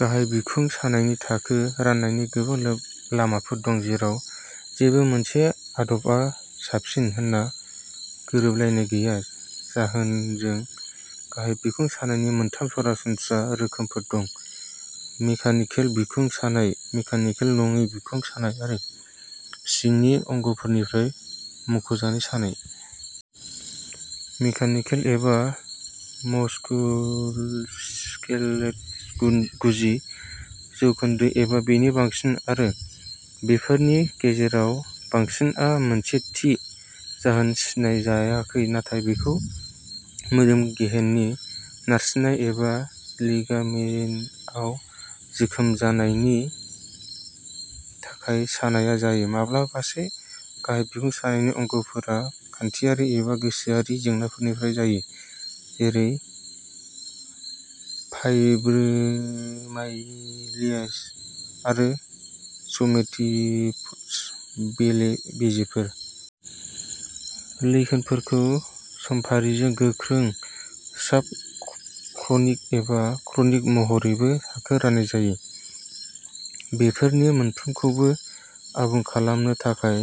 गाहाय बिखुं सानायनि थाखो राननायनि गोबां लामाफोर दं, जेराव जेबो मोनसे आदबआ साबसिन होनना गोरोबलायनाय गैया। जाहोनजों गाहाय बिखुं सानायनि मोनथाम सरासनस्रा रोखोमफोर दं। मेकानिकेल बिखुं सानाय, मेकानिकेल नङि बिखुं सानाय, आरो सिंनि अंगफोरनिफ्राय मुंख'जानाय सानाय। मेकानिकेल एबा मस्कुलस्केलेट गुन गुजि जौखोन्दो एबा बेनि बांसिन, आरो बेफोरनि गेजेराव बांसिन आ मोनसे थि जाहोन सिनायजायाखै, नाथाय बेखौ मोदोम गेहेननि नारसिननाय एबा लिगामेन्टआव जोखोम जानायनि थाखाय साननाय जायो। माब्लाबासो गाहाय बिखुं सानायनि अजदफोरा खान्थियारि एबा गोसोआरि जेंनाफोरनिफ्राय जायो, जेरै फाइब्रोमाइल्जिया आरो स'मेटोफर्म बेले-बेजेफोर। लैखोनफोरखौ समफारिजों गोख्रों, साब-क्रनिक एबा क्रनिक महरैबो थाखो राननाय जायो। बेफोरनि मोनफ्रोमखौबो आबुं खालामनो थाखाय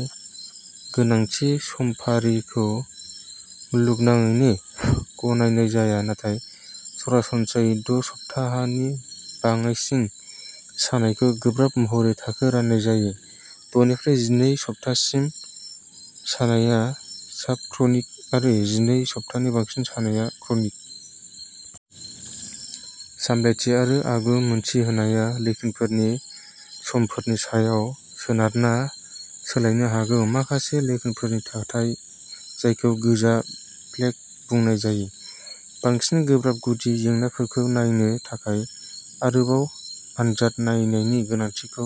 गोनां थि समफारिखौ मुलुगनाङैनो गनायनाय जाया, नाथाय सरासनस्रायै द' सप्ताहनि बाङाइसिन सानायखौ गोब्राब महरै थाखो राननाय जायो, द'निफ्राय जिनै सप्ताहसिम सानायआ साब-क्रनिक, आरो जिनै सप्ताहनि बांसिन साननाया क्रनिक। सामलायथि आरो आगु मिन्थि होनाया लैखोनफोरनि समफारिनि सायाव सोनारना सोलायनो हागौ। माखासे लैखोनफोरनि थाथाय, जायखौ गोजा फ्लेग बुंनाय जायो, बांसिन गोब्राब गुदि जेंनाफोरखौ नायनो थाखाय आरोबाव आनजाद नायनायनि गोनांथिखौ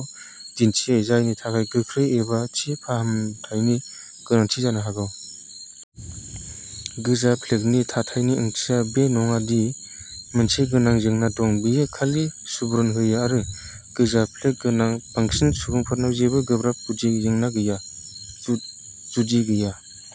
दिन्थियो, जायनि थाखाय गोख्रै एबा थि फाहामथायनि गोनांथि जानो हागौ। गोजा फ्लेगनि थाथायनि ओंथिया बे नङा दि मोनसे गोनां जेंना दं। बेयो खालि सुबुरुन होयो, आरो गोजा फ्लेग गोनां बांसिन सुबुंफोरनाव जेबो गोब्राब गुदि जेंना गैया। जुदि गैया।